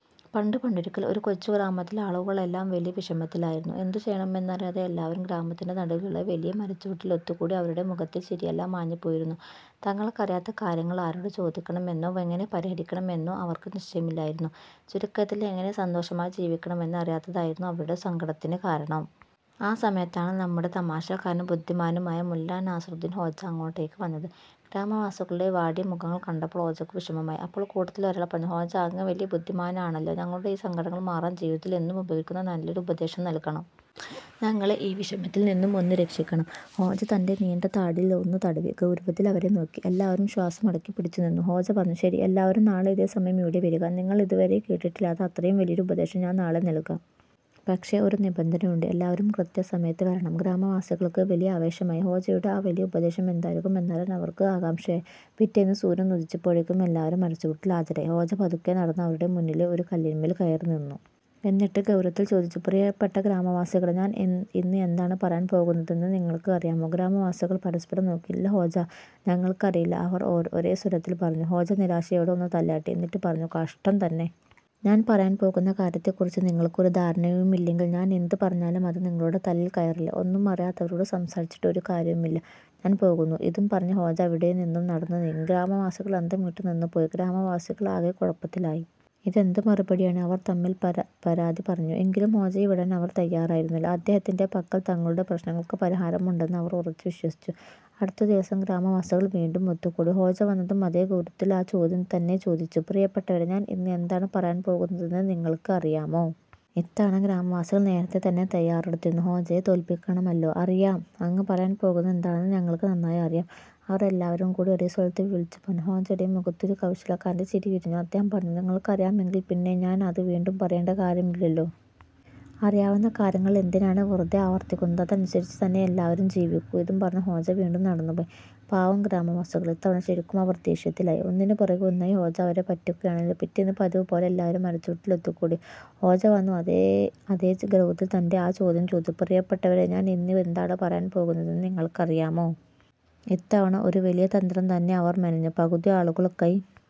പണ്ട് പണ്ടൊരിക്കൽ, ഒരു കൊച്ചു ഗ്രാമത്തിൽ ആളുകളെല്ലാം വലിയ വിഷമത്തിലായിരുന്നു. എന്തുചെയ്യണമെന്നറിയാതെ എല്ലാവരും ഗ്രാമത്തിന്റെ നടുവിലുള്ള വലിയ മരച്ചുവട്ടിൽ ഒത്തുകൂടി. അവരുടെ മുഖത്തെ ചിരിയെല്ലാം മാഞ്ഞുപോയിരുന്നു. തങ്ങൾക്കറിയാത്ത കാര്യങ്ങൾ ആരോട് ചോദിക്കണം എന്നോ എങ്ങനെ പരിഹരിക്കണം എന്നോ അവർക്ക് നിശ്ചയമില്ലായിരുന്നു. ചുരുക്കത്തിൽ, എങ്ങനെ സന്തോഷമായി ജീവിക്കണമെന്ന് അറിയാത്തതായിരുന്നു അവരുടെ സങ്കടത്തിന് കാരണം. ആ സമയത്താണ് നമ്മുടെ തമാശക്കാരനും ബുദ്ധിമാനുമായ മുല്ലാ നസറുദ്ദീൻ ഹോജ അങ്ങോട്ടേക്ക് വന്നത്. ഗ്രാമവാസികളുടെ വാടിയ മുഖങ്ങൾ കണ്ടപ്പോൾ ഹോജയ്ക്കും വിഷമമായി. അപ്പോൾ കൂട്ടത്തിൽ ഒരാൾ പറഞ്ഞു: "ഹോജ, അങ്ങ് വലിയ ബുദ്ധിമാനാണല്ലോ. ഞങ്ങളുടെ ഈ സങ്കടങ്ങൾ മാറാൻ ജീവിതത്തിൽ എന്നും ഉപകരിക്കുന്ന നല്ലൊരു ഉപദേശം നൽകണം. ഞങ്ങളെ ഈ വിഷമത്തിൽ നിന്ന് ഒന്ന് രക്ഷിക്കണം. " ഹോജ തന്റെ നീണ്ട താടിയിൽ ഒന്ന് തടവി, ഗൗരവത്തിൽ അവരെ നോക്കി. എല്ലാവരും ശ്വാസമടക്കി പിടിച്ചു നിന്നു. ഹോജ പറഞ്ഞു: "ശരി, എല്ലാവരും നാളെ ഇതേ സമയം ഇവിടെ വരിക. നിങ്ങൾ ഇതുവരെ കേട്ടിട്ടില്ലാത്ത അത്രയും വലിയൊരു ഉപദേശം ഞാൻ നാളെ നൽകാം. പക്ഷേ ഒരു നിബന്ധനയുണ്ട്, എല്ലാവരും കൃത്യസമയത്ത് വരണം! " ഗ്രാമവാസികൾക്ക് വലിയ ആവേശമായി. ഹോജയുടെ ആ 'വലിയ ഉപദേശം' എന്തായിരിക്കും എന്നറിയാൻ അവർക്ക് ആകാംക്ഷയായി. പിറ്റേന്ന് സൂര്യൻ ഉദിച്ചപ്പോഴേക്കും എല്ലാവരും മരച്ചുവട്ടിൽ ഹാജരായി. ഹോജ പതുക്കെ നടന്ന് അവരുടെ മുന്നിലെ ഒരു കല്ലിന്മേൽ കയറി നിന്നു. എന്നിട്ട് ഗൗരവത്തിൽ ചോദിച്ചു: "പ്രിയപ്പെട്ട ഗ്രാമവാസികളേ, ഞാൻ ഇന്ന് എന്താണ് പറയാൻ പോകുന്നതെന്ന് നിങ്ങൾക്ക് അറിയാമോ? " ഗ്രാമവാസികൾ പരസ്പരം നോക്കി. "ഇല്ല ഹോജ, ഞങ്ങൾക്ക് അറിയില്ല. " അവർ ഒരേ സ്വരത്തിൽ പറഞ്ഞു. ഹോജ നിരാശയോടെ ഒന്ന് തലയാട്ടി. എന്നിട്ട് പറഞ്ഞു: "കഷ്ടം തന്നെ! ഞാൻ പറയാൻ പോകുന്ന കാര്യത്തെക്കുറിച്ച് നിങ്ങൾക്ക് ഒരു ധാരണയുമില്ലെങ്കിൽ, ഞാൻ എന്ത് പറഞ്ഞാലും അത് നിങ്ങളുടെ തലയിൽ കയറില്ല. ഒന്നും അറിയാത്തവരോട് സംസാരിച്ചിട്ട് ഒരു കാര്യവുമില്ല. ഞാൻ പോകുന്നു! " ഇതും പറഞ്ഞ് ഹോജ അവിടെ നിന്നും നടന്നു നീങ്ങി. ഗ്രാമവാസികൾ അന്തംവിട്ടു നിന്നുപോയി ഗ്രാമവാസികൾ ആകെ കുഴപ്പത്തിലായി. "ഇതെന്ത് മറുപടിയാണ്? " അവർ തമ്മിൽ പരാതി പറഞ്ഞു. എങ്കിലും ഹോജയെ വിടാൻ അവർ തയ്യാറായിരുന്നില്ല. അദ്ദേഹത്തിന്റെ പക്കൽ തങ്ങളുടെ പ്രശ്നങ്ങൾക്ക് പരിഹാരമുണ്ടെന്ന് അവർ ഉറച്ചു വിശ്വസിച്ചു. അടുത്ത ദിവസം ഗ്രാമവാസികൾ വീണ്ടും ഒത്തുകൂടി. ഹോജ വന്നതും അതേ ഗൗരവത്തിൽ ആ ചോദ്യം തന്നെ ചോദിച്ചു: "പ്രിയപ്പെട്ടവരേ, ഞാൻ ഇന്ന് എന്താണ് പറയാൻ പോകുന്നതെന്ന് നിങ്ങൾക്ക് അറിയാമോ? " ഇത്തവണ ഗ്രാമവാസികൾ നേരത്തെ തന്നെ തയ്യാറെടുത്തിരുന്നു. ഹോജയെ തോൽപ്പിക്കണമല്ലോ! "അറിയാം! അങ്ങ് പറയാൻ പോകുന്നത് എന്താണെന്ന് ഞങ്ങൾക്ക് നന്നായി അറിയാം! " അവർ എല്ലാവരും കൂടി ഒരേ സ്വരത്തിൽ വിളിച്ചു പറഞ്ഞു. ഹോജയുടെ മുഖത്ത് ഒരു കൗശലക്കാരന്റെ ചിരി വിരിഞ്ഞു. അദ്ദേഹം പറഞ്ഞു: "നിങ്ങൾക്ക് അറിയാമെങ്കിൽ പിന്നെ ഞാൻ അത് വീണ്ടും പറയേണ്ട കാര്യമില്ലല്ലോ. അറിയാവുന്ന കാര്യങ്ങൾ എന്തിനാണ് വെറുതെ ആവർത്തിക്കുന്നത്? അതനുസരിച്ച് തന്നെ എല്ലാവരും ജീവിക്കൂ! " ഇതും പറഞ്ഞ് ഹോജ വീണ്ടും നടന്നുപോയി. പാവം ഗ്രാമവാസികൾ! ഇത്തവണ ശരിക്കും അവർ ദേഷ്യത്തിലായി. ഒന്നിന് പുറകെ ഒന്നായി ഹോജ അവരെ പറ്റിക്കുകയാണല്ലോ. പിറ്റേന്ന് പതിവുപോലെ എല്ലാവരും മരച്ചുവട്ടിൽ ഒത്തുകൂടി. ഹോജ വന്നു അതേ ഗൗരവത്തിൽ തന്റെ ആ ചോദ്യം ചോദിച്ചു: "പ്രിയപ്പെട്ടവരേ, ഞാൻ ഇന്ന് എന്താണ് പറയാൻ പോകുന്നതെന്ന് നിങ്ങൾക്ക് അറിയാമോ? " ഇത്തവണ ഒരു വലിയ തന്ത്രം തന്നെ അവർ മെനഞ്ഞു. പകുതി ആളുകൾ കൈ